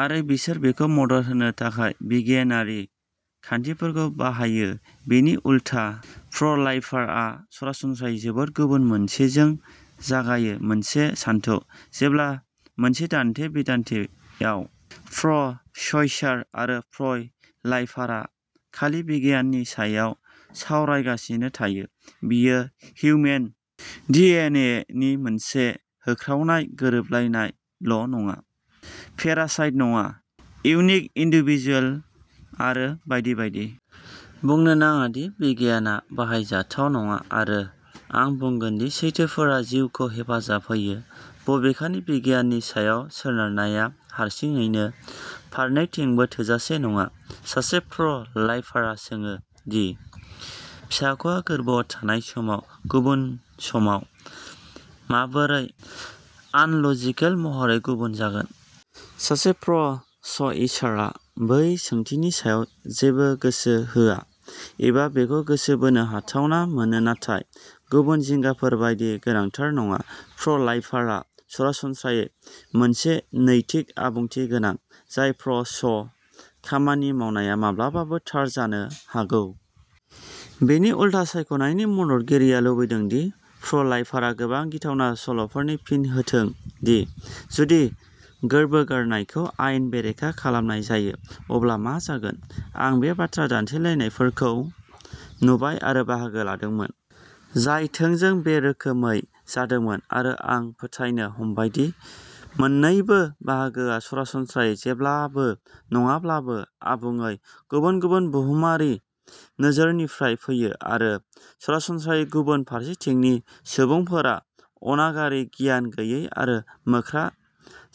आरो बिसोर बेखौ मदद होनो थाखाय बिगियानारि खारिथिफोरखौ बाहायो बेनि उलथा, प्र' लाइफारआ सरासनस्रायै जोबोद गुबुन मोनसेजों जागायो मोनसे सानथौ। जेब्ला मोनसे दान्थे-बिदान्थेयाव प्र'- च'इसार आरो प्र'- लाइफारआ खालि बिगियाननि सायाव सावरायगासिनो थायो, बेयो हिउमेन डिएनए नि मोनसे होख्रावनाय गोरोबनायल नङा, पेरासाइट नङा, इउनिक इन्डिभिडुएल आरो बायदि बायदि। बुंनो नाङा दि बिगियानआ बाहायजाथाव नङा, आरो आं बुंगोन दि सैथोफोरा जिउखौ हेफाजाब होयो। बबेखानि, बिगियाननि सायाव सोनारनाया हारसिङैनो फारनैथिंबो थोजासे नङा। सासे प्र'- लाइफारआ सोङो दि फिसाख'आ गोर्बोआव थानाय समाव गुबुन समाव माबोरै आनल'जिकेल महरै गुबुन जागोन। सासे प्र'- च'इसारआ बै सोंथिनि सायाव जेबो गोसो होआ, एबा बेखौ गोसो बोनो हाथावना मोनो नाथाय गुबुन जिंगाफोर बायदि गोनांथार नङा। प्र'- लाइफारआ सरासनस्रायै मोनसे नैतिक आबुंथि गोनां, जाय प्र'- च' खामानि मावनाया माब्लाबाबो थार जानो हागौ। बिनि उलथा, सायख'नायनि मददगिरिआ लुबैदों दि प्र'- लाइफारआ गोबां गिथावना सल'फोरनि फिन होथों दि जुदि गोर्बो गारनायखौ आयेन बेरेखा खालामनाय जायो अब्ला मा जागोन। आं बे बाथ्रा दान्थेलायनायफोरखौ नुबाय आरो बाहागो लादोंमोन, जाय थोंजों बे रोखोमै जादोंमोन, आरो आं फोथायनो हमबाय दि मोन्नैबो बाहागोआ सरासनस्रायै, जेब्लाबो नङाब्लाबो, आबुङै गुबुन-गुबुन बुहुमारि नोजोरनिफ्राय फैयो, आरो सरासनस्रायै गुबुन फारसेथिंनि सुबुंफोरा अनागारि, गियान गैयै आरो मोख्रा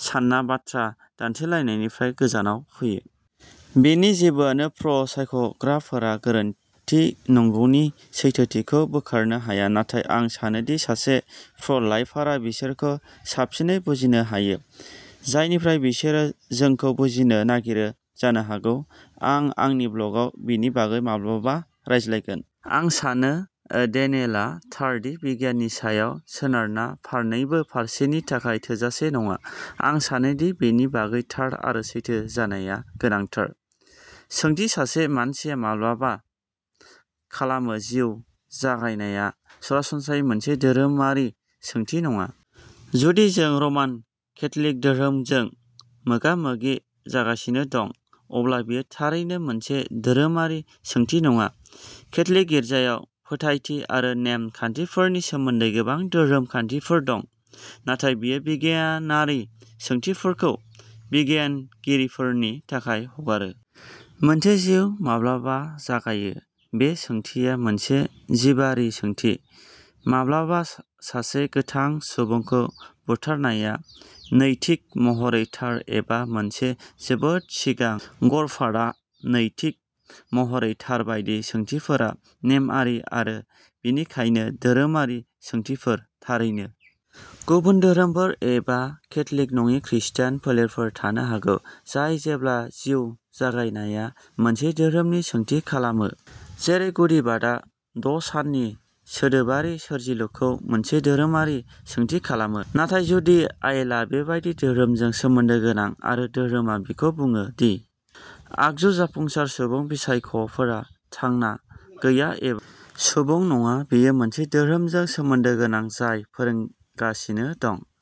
सानना बाथ्रा दान्थेलायनायनिफ्राय गोजानाव फैयो। बेनि जेबोआनो प्र'- सायख'ग्राफोरा गोरोन्थि नंगौनि सैथोथिखौ बोखारनो हाया, नाथाय आं सानो दि सासे प्र'- लाइफारआ बिसोरखौ साबसिनै बुजिनो हायो, जायनिफ्राय बिसोरो जोंखौ बुजिनो नागिरो जानो हागौ आं आंनि ब्लगआव बेनि बागै माब्लाबा रायज्लायगोन। आं सानो डेनियेलआ थार दि बिगियाननि सायाव सोनारना फारनैबो फारसेनि थाखाय थोजासे नङा, आं सानो दि बेनि बागै थार आरो सैथो जानाया गोनांथार। सोंथि सासे मानसिया माब्ला खालामो जिउ जागायनाया सरासनस्रायै मोनसे धोरोमारि सोंथि नङा। जुदि जों रमान केथ'लिक धोरोमजों मोगा-मोगि जागासिनो दं, अब्ला बेयो थारैनो मोनसे धोरोमारि सोंथि नङा। केथ'लिक गिर्जायाव फोथायथि आरो नेम खान्थिफोरनि सोमोन्दै गोबां धोरोम खान्थिफोर दं, नाथाय बेयो बिगियानारि सोंथिफोरखौ बिगियानगिरिफोरनि थाखाय हगारो। मोनसे जिउ माब्लाबा जागायो बे सोंथिया मोनसे जिबारि सोंथि। माब्लाबा सासे गोथां सुबुंखौ बुथारनाया नैतिक महरै थार एबा मोनसे जोबोद सिगां गर्भपातआ नैतिक महरै थार बायदि सोंथिफोरा नेमआरि, आरो बेनिखायनो धोरोमारि सोंथिफोर। थारैनो गुबुन धोरोमफोर, एबा केथ'लिक नङि खृस्टान फोलेरफोर थानो हागौ, जाय जेब्ला जिउ जागायनाया मोनसे धोरोमनि सोंथि खालामो, जेरै गुदिबादआ द'साननि सोदोबारि सोरजिलुखौ मोनसे धोरोमारि सोंथि खालामो, नाथाय जुदि आइयेला बेबादि धोरोमजों सोमोन्दो गोनां आरो धोरोमा बिखौ बुङो दि आगु-जाफुंसार सुबुं फिसाख'फोरा थांना गैया एबा सुबुं नङा, बियो मोनसे धोरोमजों सोमोन्दो गोनां जाय फोरोंगासिनो दं।